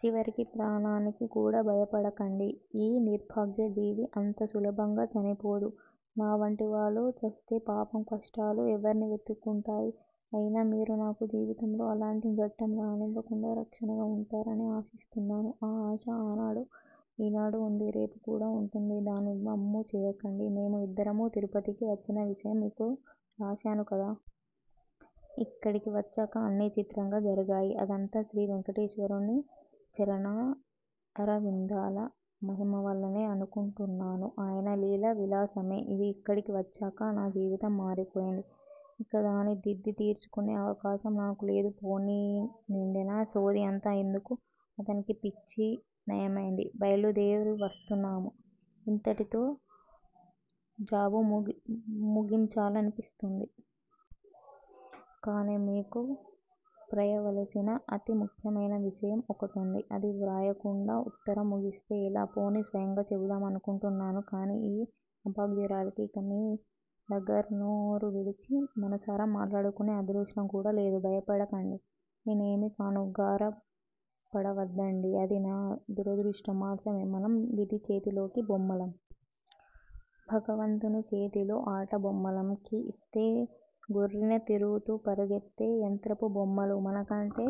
చివరికి ప్రాణానికి కూడా! భయపడకండి-ఈ నిర్భాగ్య జీవి అంతసులభంగా చనిపోదు నావంటివాళ్ళు చస్తే పాపం! కష్టాలు ఎవర్నివెతుక్కుంటాయ్. అయినా మీరు నాకు జీవితంలో అలాంటి ఘట్టంరానివ్వకుండా రక్షణగా వుంటారని ఆశిస్తున్నాను-ఆ ఆశ ఆనాడు ఈనాడూ వుంది-రేపు కూడా వుంటుంది. దానివమ్ము చేయకండి! మేము ఇద్దరమూ తిరుపతికి వచ్చిన విషయం మీకు రాశానుకదా? ఇక్కడికి వచ్చాక అన్నీ చిత్రంగా జరిగాయి. అదంతా శ్రీవేంకటేశ్వరుని చరణారవిందాల మహిమవల్లనే అనుకుంటున్నాను. ఆయన లీలా విలాసమే ఇది. ఇక్కడికివచ్చాక నా జీవితమే మారిపోయింది. ఇకధాన్ని దిద్ది తీర్చుకునే అవకాశం నాకులేదు- పోనీండినా సోది అంతా ఎందుకు? అతనికి పిచ్చి నయమైంది. బయలుదేరివస్తున్నాము ఇంతటితో జాబు ముగించాలనిపిస్తున్నది. కానీ-మీకు వ్రాయవలసిన అతి ముఖ్యమైన విషయం ఒకటుంది. అది వ్రాయకుండా ఉత్తరంముగిస్తే ఎలా? పోనీ స్వయంగా చెపుదామనుకున్నాను. కానీ ఈ అభాగ్యురాలికి ఇక మీ దగ్గరనోరువిడిచి మనసారా మాట్లాడుకునే అదృష్టం కూడా లేదు. భయపడకండి. నేనేమీ కాను. గాబరాపడవద్దండి అది నా దురదృష్టం మాత్రమే. మనం విధి చేతిలోకీలు బొమ్మలం. భగవంతునిచేతిలో ఆటబొమ్మలం. కీఇస్తే గిర్రున తిరుగుతూపరుగెత్తే యంత్రపు బొమ్మలు మనకంటే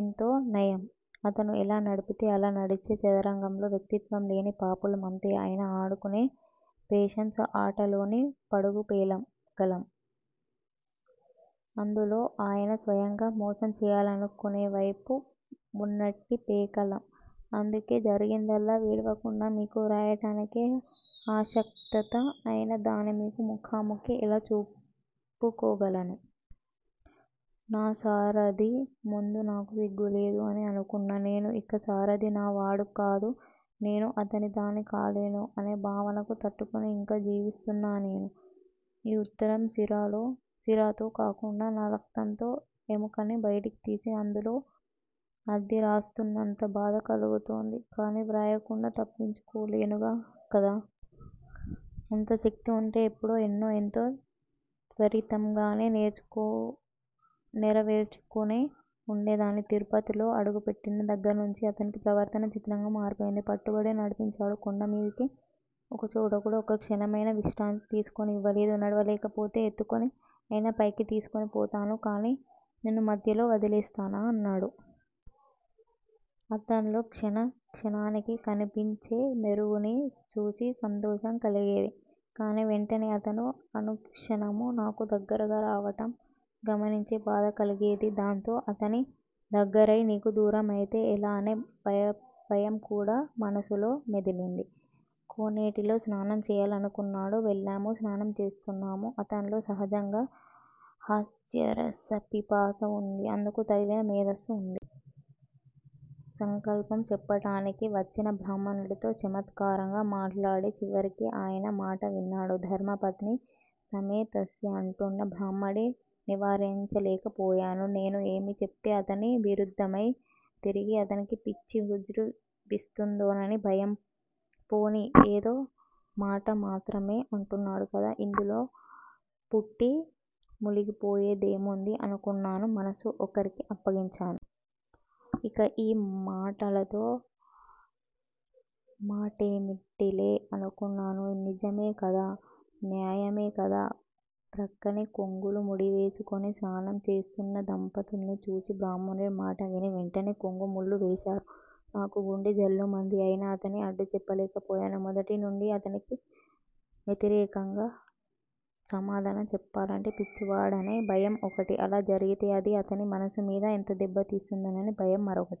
ఎంతో నయం. అతను ఎలా నడిపితే అలా నడిచే చదరంగంలో వ్యక్తిత్వం లేని పాపులం. అంతే! ఆయన ఆడుకునే పేషన్స్ ఆటలోని పడుగుపేగలం. అందులో ఆయన స్వయంగా మోసం చేయాలనుకునేవైపు వున్నట్టిపేకలం. అందుకే జరిగిందల్లా విడువకుండా మీకు వ్రాయటానికే అశక్తత అయిన దాన్ని మీకు ముఖాముఖి ఎలా చెప్పుకోగలను? నాసారధి ముందు నాకు సిగ్గులేదు అని అనుకున్న నేను ఇక సారధి నా వాడుకాదు-నేను అతనిదాన్ని కాలేను అనేభావనకు తట్టుకుని ఇంకా జీవిస్తున్నాన్నేను. ఈ ఉత్తరం సిరాతో కాకుండా నా రక్తంతో ఎముకని బయటికి తీసి అందులో అద్ది రాస్తున్నంత బాధ కలుగుతోంది. కానీవ్రాయకుండా తప్పించుకోలేనుకదా? అంత శక్తి వుంటే ఎప్పుడో ఎన్నో ఎంతో త్వరితంగానే నెరవేర్చుకుని వుండేదాన్ని. తిరుపతిలో అడుగు పెట్టిన దగ్గర్నించీ అతని ప్రవర్తన చిత్రంగా మారిపోయింది. పట్టుబట్టి నడిపించాడు కొండమీదికి. ఒకచోటకూడా ఒక్కక్షణమైనా విశ్రాంతితీసుకోనివ్వలేదు. నడువలేకపోతే ఎత్తుకుని అయినా పైకి తీసుకపోతాను కానీ నిన్ను మధ్యలో వదిలేస్తానా అన్నాడు. అతన్లో క్షణ క్షణానికి కనిపించేమెరుగుని చూచి సంతోషంకలిగేది. కానీ-వెంటనే అతను అనుక్షణమూ నాకు దగ్గరగా రావటం గమనించితే బాధకలిగేది-- దాంతో అతనికి దగ్గరై నీకు దూరమౌతే ఎలా? అనే భయంకూడా మనసులో మెదిలింది. కోనేటిలోస్నానం చేయాలన్నాడు. వెళ్ళాము స్నానంచేస్తున్నాము. అతన్లో సహజంగా హాస్యరసపిపాస వుంది. అందుకు తగిన మేధస్సు వుంది. సంకల్పం చెప్పటానికి వచ్చిన బ్రాహ్మడితో చమత్కారంగా మాట్లాడిచివరికి ఆయన మాటవిన్నాడు. ధర్మపత్ని సమేతస్య అంటున్న బ్రాహ్మడి నివారించలేకపోయాను. నేను ఏమి చెప్తే అతని విరుద్దమై తిరిగి అతనికి పిచ్చివిజ్రుంభిస్తుందోనని భయం. పోనీ ఏదో మాట మాత్రమే అంటున్నాడు కదా? ఇందులోనా పుట్టి ములిగిపోయేదేముంది అనుకున్నాను. మనస్సు ఒకరికి అప్పగించాను. ఇక ఈ మాటలతో మాటేమిటిలే అనుకున్నాను. నిజమేకదా? న్యాయమే కదా? ప్రక్కనే కొంగులు ముడివేసుకుని స్నానం చేస్తున్నదంపతుల్ని చూచి బ్రాహ్మడి మాటవిని వెంటనే కొంగు ముళ్ళువేశారు. నాకుగుండె ఝల్లుమంది అయినా అతనికి అడ్డుచెప్పలేకపోయాను. మొదటినుండి అతనికి వ్యతిరేకంగా సమాధానం చెప్పాలంటే పిచ్చివాడనే భయం ఒకటి అలా జరిగితే అది అతని మనసు మీద ఎంత దెబ్బతీస్తుందోననే భయం మరొకటి.